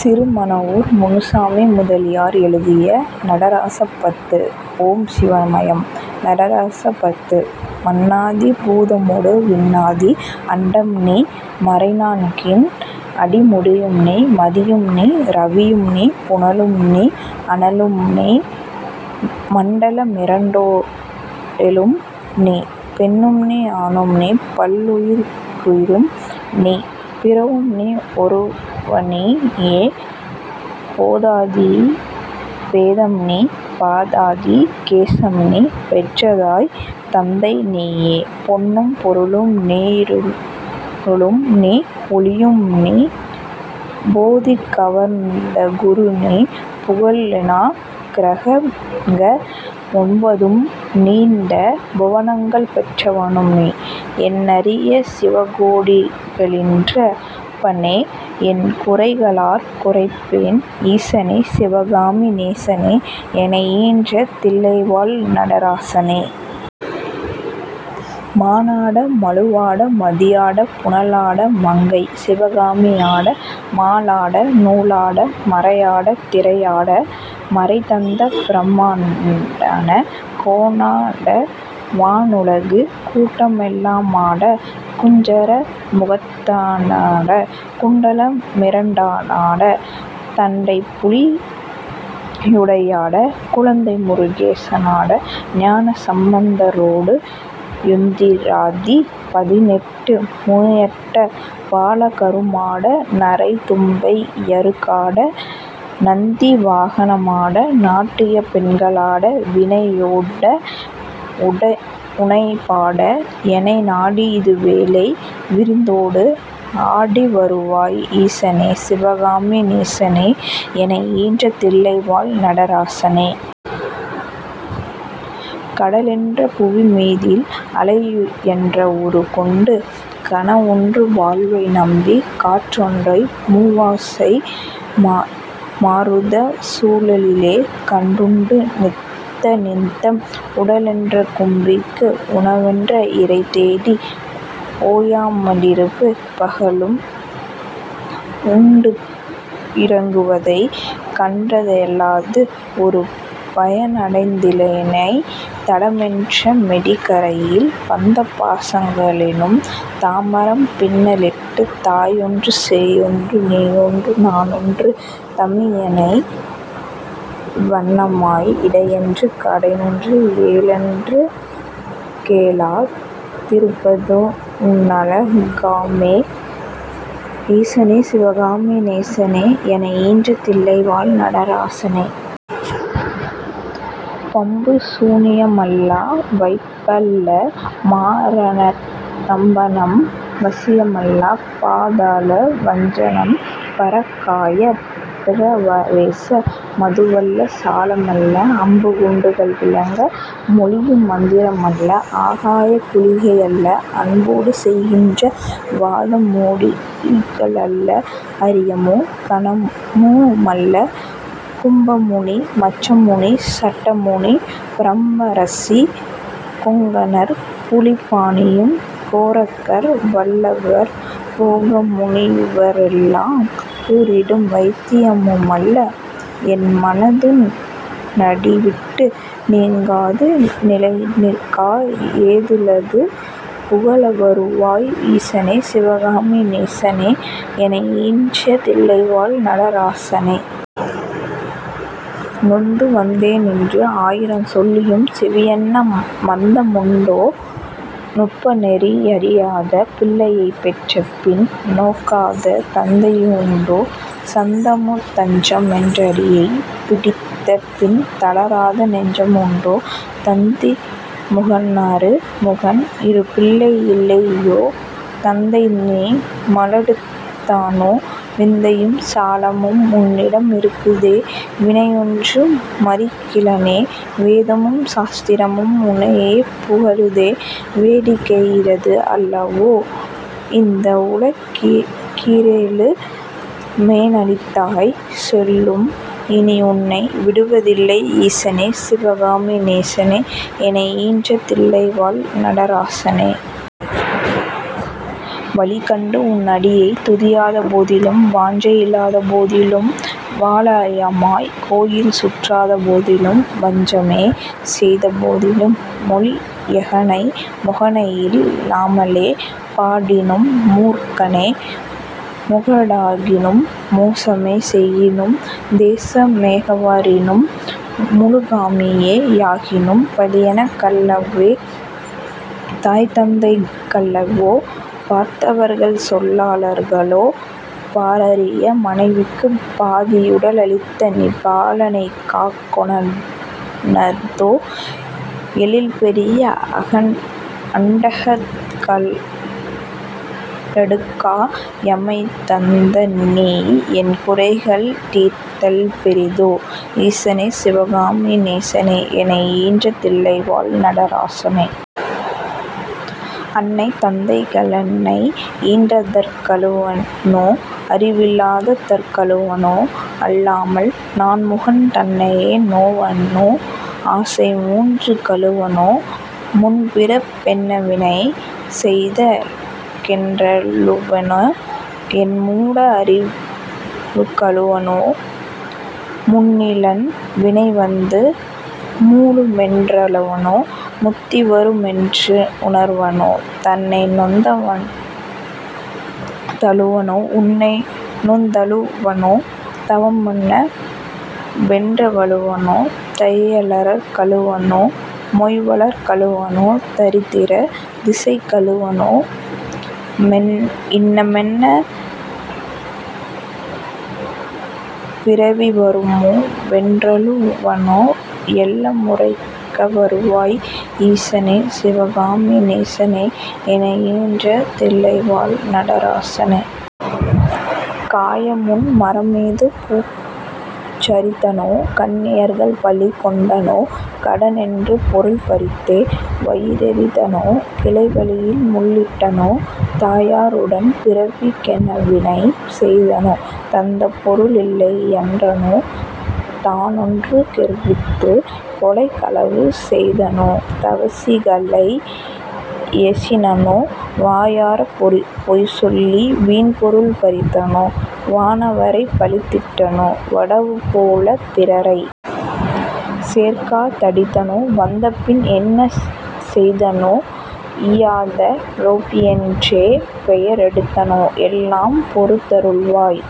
சிறுமணவூர் முனுசாமி முதலியார் எழுதிய நடராசபத்து ஓம் சிவமயம் நடராசபத்து மண்ணாதி பூதமொடு விண்ணாதி அண்டம்நீ மறைநான்கின் அடிமுடியும்நீ மதியும்நீ ரவியும்நீ புனலும்நீ அனலும்நீ மண்டலமிரண்டேழும்நீ, பெண்ணும்நீ ஆணும்நீ, பல்லுயிர்க்குயிரும்நீ, பிறவும்நீ ஒருவநீயே, பேதாதிபேதம்நீ பாதாதிகேசம்நீ பெற்றதாய் தந்தைநீயே, பொன்னும் பொருளும்நீ யிருளும்நீ ஒளியும்நீ போதிக்கவந்தகுருநீ, புகழொணாக் கிரகங்க ளொன்பதும்நீயிந்த புவனங்கள் பெற்றவனும்நீ எண்ணரிய சீவகோடிகளீன்ற வப்பனே என் குரைகளார்க் குரைப்பேன், ஈசனே சிவகாமி நேசனே யெனையீன்ற தில்லைவாழ் நடராசனே. மானாட மழுவாட மதியாட புனலாட மங்கை சிவகாமியாட, மாலாட நூலாட மறையாட திறையாட மறைதந்த பிரம்மனாட, கோனாட வானுலகு கூட்டமெல்லாமாட, குஞ்சர முகத்தனாட, குண்டலமிரண்டாட தண்டைபுலியுடையாட குழந்தை முருகேசனாட, ஞானசம்பந்தரொடு யிந்திராதி பதினெட்டு முனியட்ட பாலகருமாட, நரை தும்பை யறுகாட நந்திவாகனமாட நாட்டியப் பெண்களாட, வினையோட உனைப்பாட யெனைநாடியிதுவேளை விருதோடு ஆடிவருவாய் ஈசனே சிவகாமி நேசனே யெனையீன்ற தில்லைவாழ் நடராசனே. கடலென்ற புவிமீதில் அலையென்றவுரு கொண்டு கனவென்ற வாழ்வைநம்பிக், காற்றென்ற மூவாசை மாருதச் சுழலிலே கட்டுண்டு நித்த நித்தம், உடலென்ற கும்பிக்கு உணவென்ற இரைதேடி ஓயாமலிரவு பகலும், உண்டுண் டுறங்குவதைக் கண்டதேயல்லாது ஒருபயனடைந்திலேனைத், தடமென்ற மிடிகரையில் பந்தபாசங்களெனும் தாபரம் பின்னலிட்டுத், தாயென்று சேயென்று நீயென்று நானென்று தமியேனை யிவ்வண்ணமாய் இடையென்று கடைநின்று ஏனென்று கேளா திருப்பதுன் னழகாகுமோ, ஈசனே சிவகாமி நேசனே யெனையீன்ற தில்லைவாழ் நடராசனே. பம்புசூனியமல்ல வைப்பல்ல மாரணந் தம்பனம் வசியமல்ல, பாதாள வஞ்சனம் பரகாயப் பிரவேச மதுவல்ல சாலமல்ல, அம்பு குண்டுகள் விலக மொழியுமந்திரமல்ல ஆகாய குளிகையல்ல, அன்போடு செய்கின்ற வாதமோடிகளல்ல, அரியமோ கனமுமல்ல, கும்பமுனி மச்சமுனி சட்டமுனி பிரம்மரிசி, கொங்கணர் புலிப்பாணியும், கோரக்கர் வள்ளுவர் போகமுனியிவரெலாங் கூறிடும் வைத்தியமுமல்ல, என்மனதுன் னடிவிட்டு நீங்காது நிலைநிற்க ஏதுளது புகலவருவாய் ஈசனே சிவகாமி நேசனே யெனையீன்ற தில்லைவாழ் நடராசனே. நொந்துவந்தேனென்று ஆயிரஞ் சொல்லியும் செவியென்ன மந்தமுண்டோ, நுட்பநெறி யறியாத பிள்ளையைப் பெற்ற பின் நோக்காத தந்தையுண்டோ, சந்தமுந் தஞ்சமென்றடியைப் பிடித்தபின் தளராத நெஞ்சமுண்டோ, தந்திமுகனறு முகன் இருபிள்ளை யில்லையோ தந்தைநீ மலடுதானோ, விந்தையும் சாலமும் உன்னிடமிருக்குதே வினையொன்று மறிகிலேனே, வேதமும் சாஸ்திரமும் உன்னையே புகழுதே வேடிக்கையிது வல்லவோ, இந்தவுல கீரேழு மேனளித்தாய் சொல்லும் இனியுன்னை விடுவதில்லை, ஈசனே சிவகாமி நேசனே யெனையீன்ற தில்லைவாழ் நடராசனே. வழிகண்டு உன்னடியைத் துதியாத போதிலும் வாஞ்சை யில்லாத போதிலும், வாலாயமாய்க் கோயில் சுற்றாத போதிலும் வஞ்சமே செய்த போதிலும், மொழியெகனை மொகனையில் லாமலே பாடினும் மூர்க்கனே முகடாகினும், மோசமே செய்யினும் தேசமேகவரினும் முழுகாமியே யாகினும், பழியெனக் கல்லவே தாய்தந்தைக் கல்லவோ பார்த்தவர்கள் சொல்லார்களோ, பாரறிய மனைவிக்குப் பாதியுடலீந்த நீ பாலனைக் காக்கொணாதோ, எழில்பெரிய அண்டங்க ளடுக்கா யமைத்தநீ யென்குறைகள் தீர்த்தல் பெரிதோ, ஈசனே சிவகாமி நேசனே யெனையீன்ற தில்லைவாழ் நடராசனே. அன்னை தந்தைக ளென்னை யீன்றதற் கழுவனோ அறிவிலாத தற்கழுவனோ, அல்லாமல் நான்முகன் தன்னையே நோவனோ ஆசை மூன்றுக் கழுவனோ, முன்பிறப் பென்னவினை செய்த னென்றழுவனோ என்மூட வறிவுக் கழுவனோ, முன்னிலென் வினைவந்து மூளுமென்றழுவனோ முத்திவரு மென்றுணர்வனோ, தன்னைநொந் தழுவனோ உன்னை நொந்தழு வனோ தவமென்ன வென்றழுவனோ, தையலர்க் கழுவனோ மெய்வளர்க் கழுவனோ தரித்திர திசைக்கழுவனோ, இன்னமென்னப் பிறவி வருமோ வென்றழு வனோ யெல்லாமுரைக்க வருவாய், ஈசனே சிவகாமி நேசனே யெனையீன்ற தில்லைவாழ் நடராசனே. காயாமுன் மரமீது பூபிஞ் சறுத்தனோ கன்னியர்கள் பழிகொண்டனோ, கடனென்று பொருள் பறித்தே வயிறெறித் தனோ கிளைவழியில் முள்ளிட்டனோ, தாயாருடன் பிறவிக் கென்னவினை செய்தனோ, தந்தபொரு ளிலையென்றனோ, தானென்று கெர்வித்துக் கொலைகளவு செய்தனோ தவசிகளை யேசினனோ, வாயாரப் பொய்சொல்லி வீண்பொருள் பறித்தனோ, வானவரைப் பழித்திட்டனோ, வடவுபோலப் பிறரைச் சேர்க்கா தடித்தனோ வந்தபின் என் செய்தனோ, ஈயாத லோபியென்றே பெயரெடுத்தனோ எல்லாம் பொறுத்தருளுவாய்,